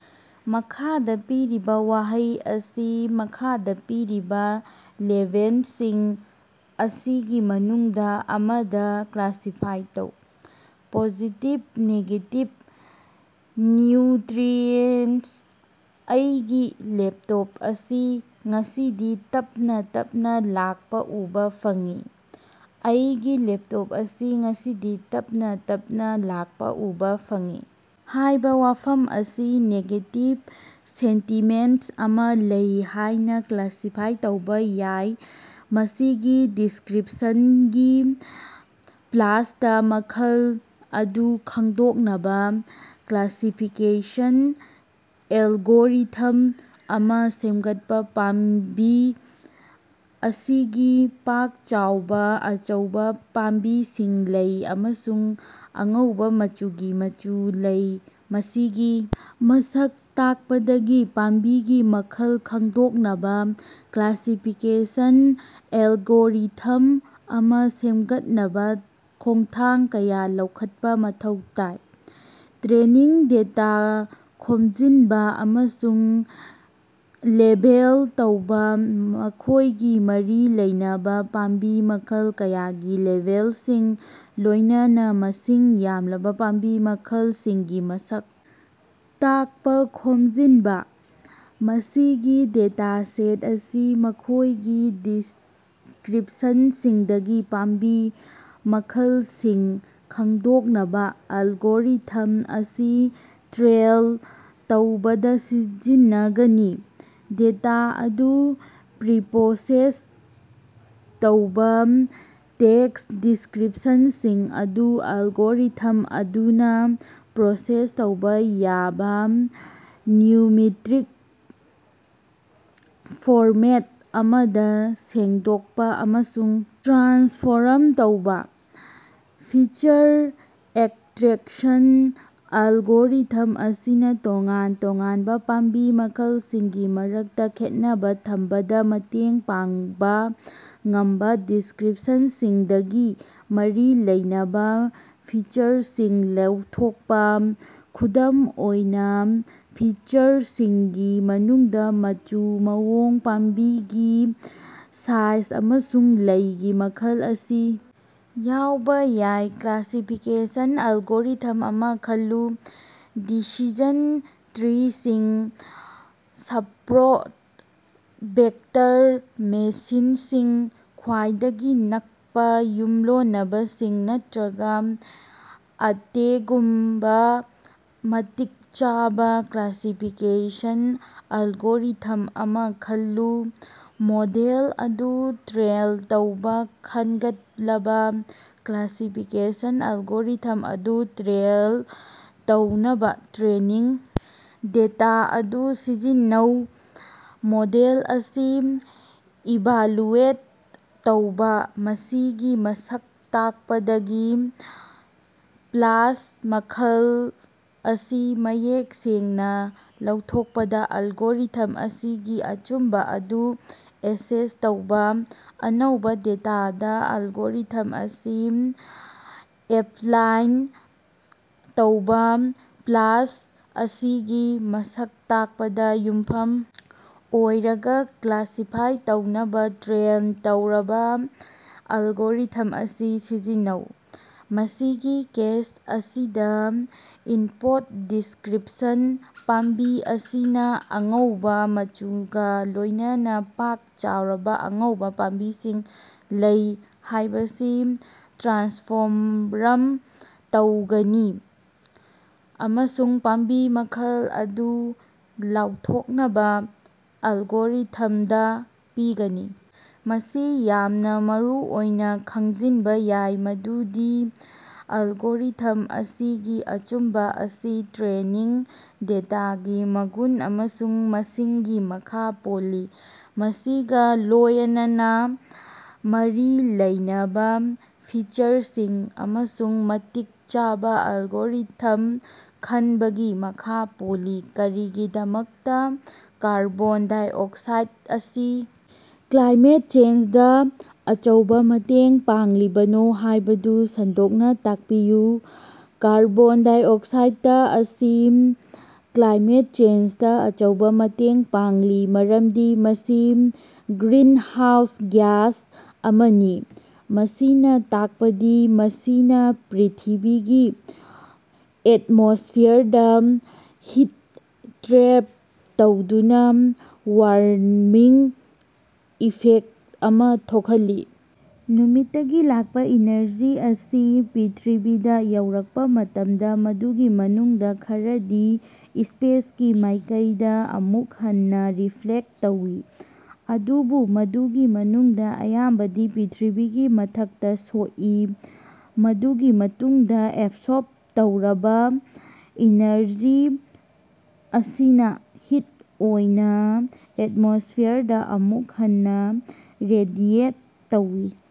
ꯃꯈꯥꯗ ꯄꯤꯔꯤꯕ ꯋꯥꯍꯩ ꯑꯁꯤ ꯃꯈꯥꯗ ꯄꯤꯔꯤꯕ ꯂꯦꯕꯦꯜꯁꯤꯡ ꯑꯁꯤꯒꯤ ꯃꯅꯨꯡꯗ ꯑꯃꯗ ꯀ꯭ꯂꯥꯁꯤꯐꯥꯏ ꯇꯧ: ꯄꯣꯖꯤꯇꯤꯚ, ꯅꯦꯒꯦꯇꯤꯚ, ꯅ꯭ꯌꯨꯇ꯭ꯔꯤꯑꯦꯟꯇ꯫ ꯑꯩꯒꯤ ꯂꯦꯞꯇꯣꯞ ꯑꯁꯤ ꯉꯁꯤꯗꯤ ꯇꯞꯅ- ꯇꯞꯅ ꯂꯥꯛꯄ ꯎꯕ ꯐꯪꯂꯤ꯫ "ꯑꯩꯒꯤ ꯂꯦꯞꯇꯣꯞ ꯑꯁꯤ ꯉꯁꯤꯗꯤ ꯇꯞꯅ- ꯇꯞꯅ ꯂꯥꯛꯄ ꯎꯕ ꯐꯪꯏ" ꯍꯥꯏꯕ ꯋꯥꯐꯝ ꯑꯁꯤ ꯅꯦꯒꯦꯇꯤꯚ ꯁꯦꯟꯇꯤꯃꯦꯟꯇ ꯑꯃ ꯂꯩ ꯍꯥꯏꯅ ꯀ꯭ꯂꯥꯁꯤꯐꯥꯏ ꯇꯧꯕ ꯌꯥꯏ꯫ ꯃꯁꯤꯒꯤ ꯗꯤꯁꯀ꯭ꯔꯤꯞꯁꯟꯗꯒꯤ ꯄ꯭ꯂꯥꯟꯇ ꯃꯈꯜ ꯑꯗꯨ ꯈꯪꯗꯣꯛꯅꯕ ꯀ꯭ꯂꯥꯁꯤꯐꯤꯀꯦꯁꯟ ꯑꯦꯜꯒꯣꯔꯤꯊꯝ ꯑꯃ ꯁꯦꯝꯒꯠꯄ ꯄꯥꯝꯕꯤ ꯑꯁꯤꯒꯤ ꯄꯥꯛ-ꯆꯥꯎꯕ ꯑꯉꯧꯕ ꯄꯥꯝꯕꯤꯁꯤꯡ ꯂꯩ ꯑꯃꯁꯨꯡ ꯑꯉꯧꯕ ꯃꯆꯨꯒꯤ ꯃꯆꯨ ꯂꯩ꯫ ꯃꯁꯤꯒꯤ ꯃꯁꯛ ꯇꯥꯛꯄꯗꯒꯤ ꯄꯥꯝꯕꯤꯒꯤ ꯃꯈꯜ ꯈꯪꯗꯣꯛꯅꯕ ꯀ꯭ꯂꯥꯁꯤꯐꯤꯀꯦꯁꯟ ꯑꯦꯜꯒꯣꯔꯤꯊꯝ ꯑꯃ ꯁꯦꯝꯒꯠꯅꯕ ꯈꯣꯡꯊꯥꯡ ꯀꯌꯥ ꯂꯧꯈꯠꯄ ꯃꯊꯧ ꯇꯥꯏ꯫ ꯇ꯭ꯔꯦꯅꯤꯡ ꯗꯦꯇꯥ ꯈꯣꯝꯖꯤꯟꯕ ꯑꯃꯁꯨꯡ ꯂꯦꯕꯦꯜ ꯇꯧꯕ: ꯃꯈꯣꯏꯒꯤ ꯃꯔꯤ ꯂꯩꯅꯕ ꯄꯥꯝꯕꯤ ꯃꯈꯜ ꯀꯌꯥꯒꯤ ꯂꯦꯕꯦꯜꯁꯤꯡꯒ ꯂꯣꯏꯅꯅ ꯃꯁꯤꯡ ꯌꯥꯝꯂꯕ ꯄꯥꯝꯕꯤ ꯃꯈꯜꯁꯤꯡꯒꯤ ꯃꯁꯛ ꯇꯥꯛꯄ ꯈꯣꯝꯖꯤꯟꯕ꯫ ꯃꯁꯤꯒꯤ ꯗꯦꯇꯥꯁꯦꯠ ꯑꯁꯤ ꯃꯈꯣꯏꯒꯤ ꯗꯤꯁꯀ꯭ꯔꯤꯞꯁꯟꯁꯤꯡꯗꯒꯤ ꯄꯥꯝꯕꯤ ꯃꯈꯜꯁꯤꯡ ꯈꯪꯗꯣꯛꯅꯕ ꯑꯦꯜꯒꯣꯔꯤꯊꯝ ꯑꯁꯤ ꯇ꯭ꯔꯦꯟ ꯇꯧꯕꯗ ꯁꯤꯖꯤꯟꯅ ꯒꯅꯤ꯫ ꯗꯦꯇꯥ ꯑꯗꯨ ꯄ꯭ꯔꯤꯄ꯭ꯔꯣꯁꯦꯁ ꯇꯧꯕ: ꯇꯦꯛꯁ ꯗꯤꯁꯀ꯭ꯔꯤꯞꯁꯟꯁꯤꯡ ꯑꯗꯨ ꯑꯦꯜꯒꯣꯔꯤꯊꯝ ꯑꯗꯨꯅ ꯄ꯭ꯔꯣꯁꯦꯁ ꯇꯧꯕ ꯌꯥꯕ ꯅ꯭ꯌꯨꯃꯔꯤꯛ ꯐꯣꯔꯃꯦꯠ ꯑꯃꯗ ꯁꯦꯡꯗꯣꯛꯄ ꯑꯃꯁꯨꯡ ꯇ꯭ꯔꯥꯟꯁꯐꯣꯔꯝ ꯇꯧꯕ꯫ ꯐꯤꯆꯔ ꯑꯦꯛꯁꯇ꯭ꯔꯦꯛꯁꯟ: ꯑꯦꯜꯒꯣꯔꯤꯊꯝ ꯑꯁꯤꯅ ꯇꯣꯉꯥꯟ -ꯇꯣꯉꯥꯟꯕ ꯄꯥꯝꯕꯤ ꯃꯈꯜꯁꯤꯡꯒꯤ ꯃꯔꯛꯇ ꯈꯦꯠꯅꯕ ꯊꯝꯕꯗ ꯃꯇꯦꯡ ꯄꯥꯡꯕ ꯉꯝꯕ ꯗꯤꯁꯀ꯭ꯔꯤꯞꯁꯟꯁꯤꯡꯗꯒꯤ ꯃꯔꯤ ꯂꯩꯅꯕ ꯐꯤꯆꯔꯁꯤꯡ ꯂꯧꯊꯣꯛꯄ꯫ ꯈꯨꯗꯝ ꯑꯣꯏꯅ, ꯐꯤꯆꯔꯁꯤꯡꯒꯤ ꯃꯅꯨꯡꯗ ꯃꯆꯨ, ꯃꯑꯣꯡ, ꯄꯥꯝꯕꯤꯒꯤ ꯁꯥꯏꯖ ꯑꯃꯁꯨꯡ ꯂꯩꯒꯤ ꯃꯈꯜ ꯑꯁꯤ ꯌꯥꯎꯕ ꯌꯥꯏ꯫ ꯀ꯭ꯂꯥꯁꯤꯐꯤꯀꯦꯁꯟ ꯑꯦꯜꯒꯣꯔꯤꯊꯝ ꯑꯃ ꯈꯜꯂꯨ ꯗꯤꯁꯤꯖꯟ ꯇ꯭ꯔꯤꯁꯤꯡ, ꯁꯄꯣꯔꯠ ꯚꯦꯛꯇꯔ ꯃꯦꯁꯤꯟꯁꯤꯡ, ꯈ꯭ꯋꯥꯏꯗꯒꯤ ꯅꯛꯄ ꯌꯨꯝꯂꯣꯟꯅꯕꯁꯤꯡ ꯅꯠꯇ꯭ꯔꯒ ꯑꯇꯦꯒꯨꯝꯕ ꯃꯇꯤꯛ ꯆꯥꯕ ꯀ꯭ꯂꯥꯁꯤꯐꯤꯀꯦꯁꯟ ꯑꯦꯜꯒꯣꯔꯤꯊꯝ ꯑꯃ ꯈꯜꯂꯨ꯫ ꯃꯣꯗꯦꯜ ꯑꯗꯨ ꯇ꯭ꯔꯦꯟ ꯇꯧꯕ: ꯈꯟꯒꯠꯂꯕ ꯀ꯭ꯂꯥꯁꯤꯐꯤꯀꯦꯁꯟ ꯑꯦꯜꯒꯣꯔꯤꯊꯝ ꯑꯗꯨ ꯇ꯭ꯔꯦꯟ ꯇꯧꯅꯕ ꯇ꯭ꯔꯦꯅꯤꯡ ꯗꯦꯇꯥ ꯑꯗꯨ ꯁꯤꯖꯤꯟꯅꯧ꯫ ꯃꯣꯗꯦꯜ ꯑꯁꯤ ꯏꯚꯥꯂꯨꯑꯦꯠ ꯇꯧꯕ: ꯃꯁꯤꯒꯤ ꯃꯁꯛ ꯇꯥꯛꯄꯗꯒꯤ ꯄ꯭ꯂꯥꯟꯇ ꯃꯈꯜ ꯑꯁꯤ ꯃꯌꯦꯛ ꯁꯦꯡꯅ ꯂꯥꯎꯊꯣꯛꯄꯗ ꯑꯦꯜꯒꯣꯔꯤꯊꯝ ꯑꯁꯤꯒꯤ ꯑꯆꯨꯝꯕ ꯑꯗꯨ ꯑꯦꯁꯦꯁ ꯇꯧꯕ꯫ ꯑꯅꯧꯕ ꯗꯦꯇꯥꯗ ꯑꯦꯜꯒꯣꯔꯤꯊꯝ ꯑꯁꯤ ꯑꯦꯞꯂꯥꯏ ꯇꯧꯕ: ꯄ꯭ꯂꯥꯟꯇ ꯑꯁꯤꯒꯤ ꯃꯁꯛ ꯇꯥꯛꯄꯗ ꯌꯨꯝꯐꯝ ꯑꯣꯏꯔꯒ ꯀ꯭ꯂꯥꯁꯤꯐꯥꯏ ꯇꯧꯅꯕ ꯇ꯭ꯔꯦꯟ ꯇꯧꯔꯕ ꯑꯦꯜꯒꯣꯔꯤꯊꯝ ꯑꯁꯤ ꯁꯤꯖꯤꯟꯅꯧ꯫ ꯃꯁꯤꯒꯤ ꯀꯦꯁ ꯑꯁꯤꯗ ꯏꯟꯄꯨꯠ ꯗꯤꯁꯀ꯭ꯔꯤꯞꯁꯟ 'ꯄꯥꯝꯕꯤ ꯑꯁꯤꯅ ꯑꯉꯧꯕ ꯃꯆꯨꯒ ꯂꯣꯏꯅꯅ ꯄꯥꯛ ꯆꯥꯎꯔꯕ ꯑꯉꯧꯕ ꯄꯥꯝꯕꯤꯁꯤꯡ ꯂꯩ' ꯍꯥꯏꯕꯁꯤ ꯇ꯭ꯔꯥꯟꯁꯐꯣꯔꯝ ꯇꯧꯒꯅꯤ ꯑꯃꯁꯨꯡ ꯄꯥꯝꯕꯤ ꯃꯈꯜ ꯑꯗꯨ ꯂꯥꯎꯊꯣꯛꯅꯕ ꯑꯦꯜꯒꯣꯔꯤꯊꯃꯗ ꯄꯤꯒꯅꯤ꯫ ꯃꯁꯤ ꯌꯥꯝꯅ ꯃꯔꯨꯑꯣꯏꯅ ꯈꯪꯖꯤꯟꯕ ꯌꯥꯏ ꯃꯗꯨꯗꯤ ꯑꯦꯜꯒꯣꯔꯤꯊꯝ ꯑꯁꯤꯒꯤ ꯑꯆꯨꯝꯕ ꯑꯁꯤ ꯇ꯭ꯔꯦꯅꯤꯡ ꯗꯦꯇꯥꯒꯤ ꯃꯒꯨꯟ ꯑꯃꯁꯨꯡ ꯃꯁꯤꯡꯒꯤ ꯃꯈꯥ ꯄꯣꯜꯂꯤ꯫ ꯃꯁꯤꯒ ꯂꯣꯌꯅꯅ ꯃꯔꯤ ꯂꯩꯅꯕ ꯐꯤꯆꯔꯁꯤꯡ ꯑꯃꯁꯨꯡ ꯃꯇꯤꯛ ꯆꯥꯕ ꯑꯦꯜꯒꯣꯔꯤꯊꯝ ꯈꯟꯕꯒꯤ ꯃꯈꯥ ꯄꯣꯜꯂꯤ꯫ ꯀꯔꯤꯒꯤꯗꯃꯛꯇ ꯀꯥꯔꯕꯣꯟ -ꯗꯥꯏꯑꯣꯛꯁꯥꯏꯗ ꯑꯁꯤ ꯀ꯭ꯂꯥꯏꯃꯦꯠ ꯆꯦꯟꯖꯗ ꯑꯆꯧꯕ ꯃꯇꯦꯡ ꯄꯥꯡꯂꯤꯕꯅꯣ ꯍꯥꯏꯕꯗꯨ ꯁꯟꯗꯣꯛꯅ ꯇꯥꯛꯄꯤꯌꯨ꯫ ꯀꯥꯔꯕꯣꯟ ꯗꯥꯏꯑꯣꯛꯁꯥꯏꯗ ꯑꯁꯤ ꯀ꯭ꯂꯥꯏꯃꯦꯠ ꯆꯦꯟꯖꯇ ꯑꯆꯧꯕ ꯃꯇꯦꯡ ꯄꯥꯡꯂꯤ ꯃꯔꯝꯗꯤ ꯃꯁꯤ ꯒ꯭ꯔꯤꯟꯍꯥꯎꯁ ꯒ꯭ꯌꯥꯁ ꯑꯃꯅꯤ꯫ ꯃꯁꯤꯅ ꯇꯥꯛꯄꯗꯤ ꯃꯁꯤꯅ ꯄ꯭ꯔꯤꯊꯤꯕꯤꯒꯤ ꯑꯦꯠꯃꯣꯁ꯭ꯐꯤꯌꯔꯗ ꯍꯤꯠ ꯇ꯭ꯔꯦꯞ ꯇꯧꯗꯨꯅ ꯋꯥꯔꯃꯤꯡ ꯏꯐꯦꯛꯇ ꯑꯃ ꯊꯣꯛꯍꯜꯂꯤ꯫ ꯅꯨꯃꯤꯠꯇꯒꯤ ꯂꯥꯛꯄ ꯏꯅꯔꯖꯤ ꯑꯁꯤ ꯄ꯭ꯔꯤꯊꯤꯕꯤꯗ ꯌꯧꯔꯛꯄ ꯃꯇꯝꯗ, ꯃꯗꯨꯒꯤ ꯃꯅꯨꯡꯗ ꯈꯔꯗꯤ ꯁ꯭ꯄꯦꯁꯀꯤ ꯃꯥꯏꯀꯩꯗ ꯑꯃꯨꯛ ꯍꯟꯅ ꯔꯤꯐ꯭ꯂꯦꯛꯇ ꯇꯧꯏ꯫ ꯑꯗꯨꯕꯨ ꯃꯗꯨꯒꯤ ꯃꯅꯨꯡꯗ ꯑꯌꯥꯝꯕꯗꯤ ꯄ꯭ꯔꯤꯊꯤꯕꯤꯒꯤ ꯃꯊꯛꯇ ꯁꯣꯛꯏ꯫ ꯃꯗꯨꯒꯤ ꯃꯇꯨꯡꯗ ꯑꯦꯕꯁꯣꯔꯕ ꯇꯧꯔꯕ ꯑꯦꯅꯔꯖꯤ ꯑꯁꯤꯅ ꯍꯤꯠ ꯑꯣꯏꯅ ꯑꯦꯠꯃꯣꯁ꯭ꯐꯤꯌꯔꯗ ꯑꯃꯨꯛ ꯍꯟꯅ ꯔꯦꯗꯤꯑꯦꯠ ꯇꯧꯏ꯫